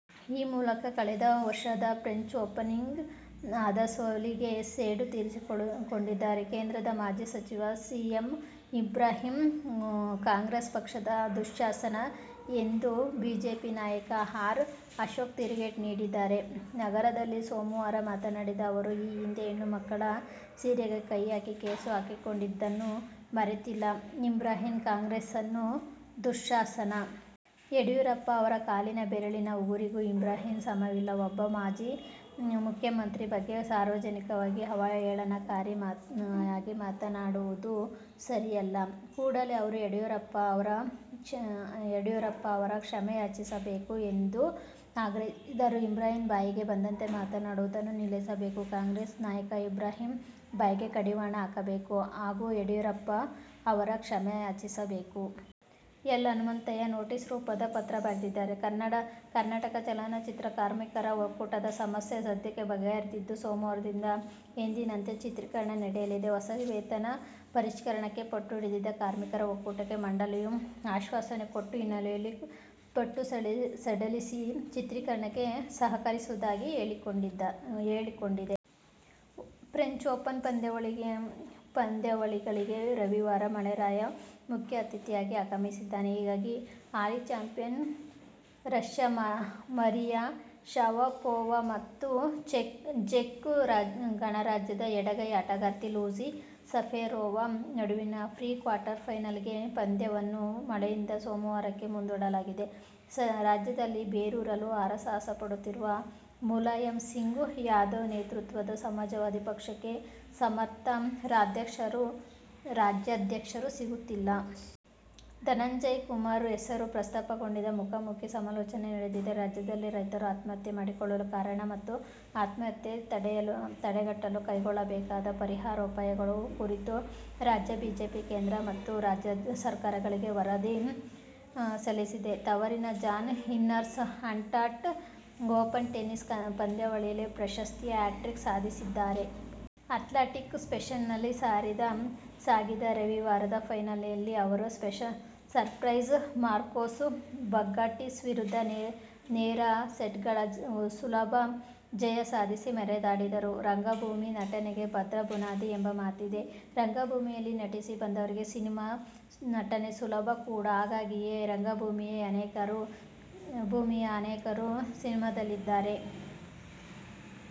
ಈ ಮೂಲಕ ಕಳೆದ ವರ್ಷದ ಫ್ರೆಂಚ್ ಓಪನ್ನಲ್ಲಿ ಆದ ಸೋಲಿಗೆ ಸೇಡು ತೀರಿಸಿಕೊಂಡಿದ್ದಾರೆ. ಕೇಂದ್ರದ ಮಾಜಿ ಸಚಿವ ಸಿ. ಎಂ. ಇಬ್ರಾಹಿಂ ಕಾಂಗ್ರೆಸ್ ಪಕ್ಷದ ದುಶ್ಯಾಸನ ಎಂದು ಬಿಜೆಪಿ ನಾಯಕ ಆರ್. ಅಶೋಕ್ ತಿರುಗೇಟು ನೀಡಿದ್ದಾರೆ. ನಗರದಲ್ಲಿ ಸೋಮವಾರ ಮಾತನಾಡಿದ ಅವರು, ಈ ಹಿಂದೆ ಹೆಣ್ಣು ಮಕ್ಕಳ ಸೀರೆಗೆ ಕೈ ಹಾಕಿ, ಕೇಸು ಹಾಕಿಸಿಕೊಂಡಿದ್ದನ್ನು ಮರೆತಿರುವ ಇಬ್ರಾಹಿಂ ಕಾಂಗ್ರೆಸ್ನ ದುಶ್ಯಾಸನ. ಯಡಿಯೂರಪ್ಪ ಅವರ ಕಾಲಿನ ಬೆರಳಿನ ಉಗುರಿಗೂ ಇಬ್ರಾಹಿಂ ಸಮವಿಲ್ಲ. ಒಬ್ಬ ಮಾಜಿ ಮುಖ್ಯಮಂತ್ರಿ ಬಗ್ಗೆ ಸಾರ್ವಜನಿಕವಾಗಿ ಅವಹೇಳನಕಾರಿಯಾಗಿ ಮಾತನಾಡುವುದು ಸರಿಯಲ್ಲ. ಕೂಡಲೇ ಅವರು ಯಡಿಯೂರಪ್ಪ ಅವರ ಕ್ಷಮೆ ಯಾಚಿಸಬೇಕು ಎಂದು ಆಗ್ರಹಿಸಿದರು. ಇಬ್ರಾಹಿಂ ಬಾಯಿಗೆ ಬಂದಂತೆ ಮಾತನಾಡುವುದನ್ನು ನಿಲ್ಲಿಸಬೇಕು. ಕಾಂಗ್ರೆಸ್ ನಾಯಕರು ಇಬ್ರಾಹಿಂ ಬಾಯಿಗೆ ಕಡಿವಾಣ ಹಾಕಬೇಕು ಹಾಗೂ ಯಡಿಯೂರಪ್ಪ ಅವರ ಕ್ಷಮೆಯಾಚಿಸಬೇಕು. ಎಲ್. ಹನುಮಂತಯ್ಯ ನೋಟಿಸ್ ರೂಪದ ಪತ್ರ ಬರೆದಿದ್ದಾರೆ. ಕರ್ನಾಟಕ ಚಲನಚಿತ್ರ ಕಾರ್ಮಿಕರ ಒಕ್ಕೂಟದ ಸಮಸ್ಯೆ ಸದ್ಯಕ್ಕೆ ಬಗೆಹರಿದಿದ್ದು, ಸೋಮವಾರದಿಂದ ಎಂದಿನಂತೆ ಚಿತ್ರೀಕರಣ ನಡೆಯಲಿದೆ. ಹೊಸ ವೇತನ ಪರಿಷ್ಕರಣೆಗೆ ಪಟ್ಟು ಹಿಡಿದಿದ್ದ ಕಾರ್ಮಿಕರ ಒಕ್ಕೂಟಕ್ಕೆ ಮಂಡಳಿಯು ಆಶ್ವಾಸನೆ ಕೊಟ್ಟ ಹಿನ್ನೆಲೆಯಲ್ಲಿ, ಪಟ್ಟು ಸಡಿಲಿಸಿ ಚಿತ್ರೀಕರಣಕ್ಕೆ ಸಹಕರಿಸುವುದಾಗಿ ಹೇಳಿಕೊಂಡಿದೆ. ಫ್ರೆಂಚ್ ಓಪನ್ ಪಂದ್ಯಾವಳಿಗೆ ರವಿವಾರ ಮಳೆರಾಯ ಮುಖ್ಯ ಅತಿಥಿಯಾಗಿ ಆಗಮಿಸಿದ್ದಾನೆ. ಹೀಗಾಗಿ ಹಾಲಿ ಚಾಂಪಿಯನ್ ರಶ್ಯದ ಮರಿಯಾ ಶರಪೋವಾ ಮತ್ತು ಜೆಕ್ ಗಣರಾಜ್ಯದ ಎಡಗೈ ಆಟಗಾರ್ತಿ ಲೂಸಿ ಸಫರೋವಾ ನಡುವಿನ ಪ್ರೀ-ಕ್ವಾರ್ಟರ್ ಫೈನಲ್ ಪಂದ್ಯವನ್ನು ಮಳೆಯಿಂದ ಸೋಮವಾರಕ್ಕೆ ಮುಂದೂಡಲಾಗಿದೆ. ರಾಜ್ಯದಲ್ಲಿ ಬೇರೂರಲು ಹರಸಾಹಸ ಪಡುತ್ತಿರುವ ಮುಲಾಯಂ ಸಿಂಗ್ ಯಾದವ್ ನೇತೃತ್ವದ ಸಮಾಜವಾದಿ ಪಕ್ಷಕ್ಕೆ ಸಮರ್ಥ ರಾಜ್ಯಾಧ್ಯಕ್ಷರು ಸಿಗುತ್ತಿಲ್ಲ. ಧನಂಜಯಕುಮಾರ್ ಹೆಸರು ಪ್ರಸ್ತಾಪಗೊಂಡಿದೆ. ಮುಖಾಮುಖೀ ಸಮಾಲೋಚನೆಯೂ ನಡೆದಿದೆ. ರಾಜ್ಯದಲ್ಲಿ ರೈತರು ಆತ್ಮಹತ್ಯೆ ಮಾಡಿಕೊಳ್ಳಲು ಕಾರಣ ಮತ್ತು ಆತ್ಮಹತ್ಯೆ ತಡೆಗಟ್ಟಲು ಕೈಗೊಳ್ಳಬೇಕಾದ ಪರಿಹಾರೋಪಾಯಗಳ ಕುರಿತು ರಾಜ್ಯ ಬಿಜೆಪಿ ಕೇಂದ್ರ ಮತ್ತು ರಾಜ್ಯ ಸರ್ಕಾರಗಳಿಗೆ ವರದಿ ಸಲ್ಲಿಸಲಿದೆ. ತವರಿನ John Isner Atlanta Open tennis ಪಂದ್ಯಾವಳಿಯಲ್ಲಿ ಪ್ರಶಸ್ತಿಯ ಹ್ಯಾಟ್ರಿಕ್ ಸಾಧಿಸಿದ್ದಾರೆ. "ಅಟ್ಲಾಂಟಿಕ್ ಸ್ಟೇಷನ್'ನಲ್ಲಿ ಸಾಗಿದ ರವಿವಾರದ ಫೈನಲ್ನಲ್ಲಿ ಅವರು ಸೈಪ್ರಸ್ನ ಮಾರ್ಕೋಸ್ ಬಗ್ಧಾಟಿಸ್ ವಿರುದ್ಧ, ನೇರ ಸೆಟ್ಗಳ ಸುಲಭ ಜಯ ಸಾಧಿಸಿ ಮೆರೆದಾಡಿದರು. ರಂಗಭೂಮಿ ನಟನೆಗೆ ಭದ್ರ ಬುನಾದಿ ಎಂಬ ಮಾತಿದೆ. ರಂಗಭೂಮಿಯಲ್ಲಿ ನಟಿಸಿ ಬಂದವರಿಗೆ ಸಿನಿಮಾ ನಟನೆ ಸುಲಭ ಕೂಡಾ. ಹಾಗಾಗಿಯೇ ರಂಗಭೂಮಿಯ ಅನೇಕರು ಸಿನಿಮಾದಲ್ಲಿದ್ದಾರೆ.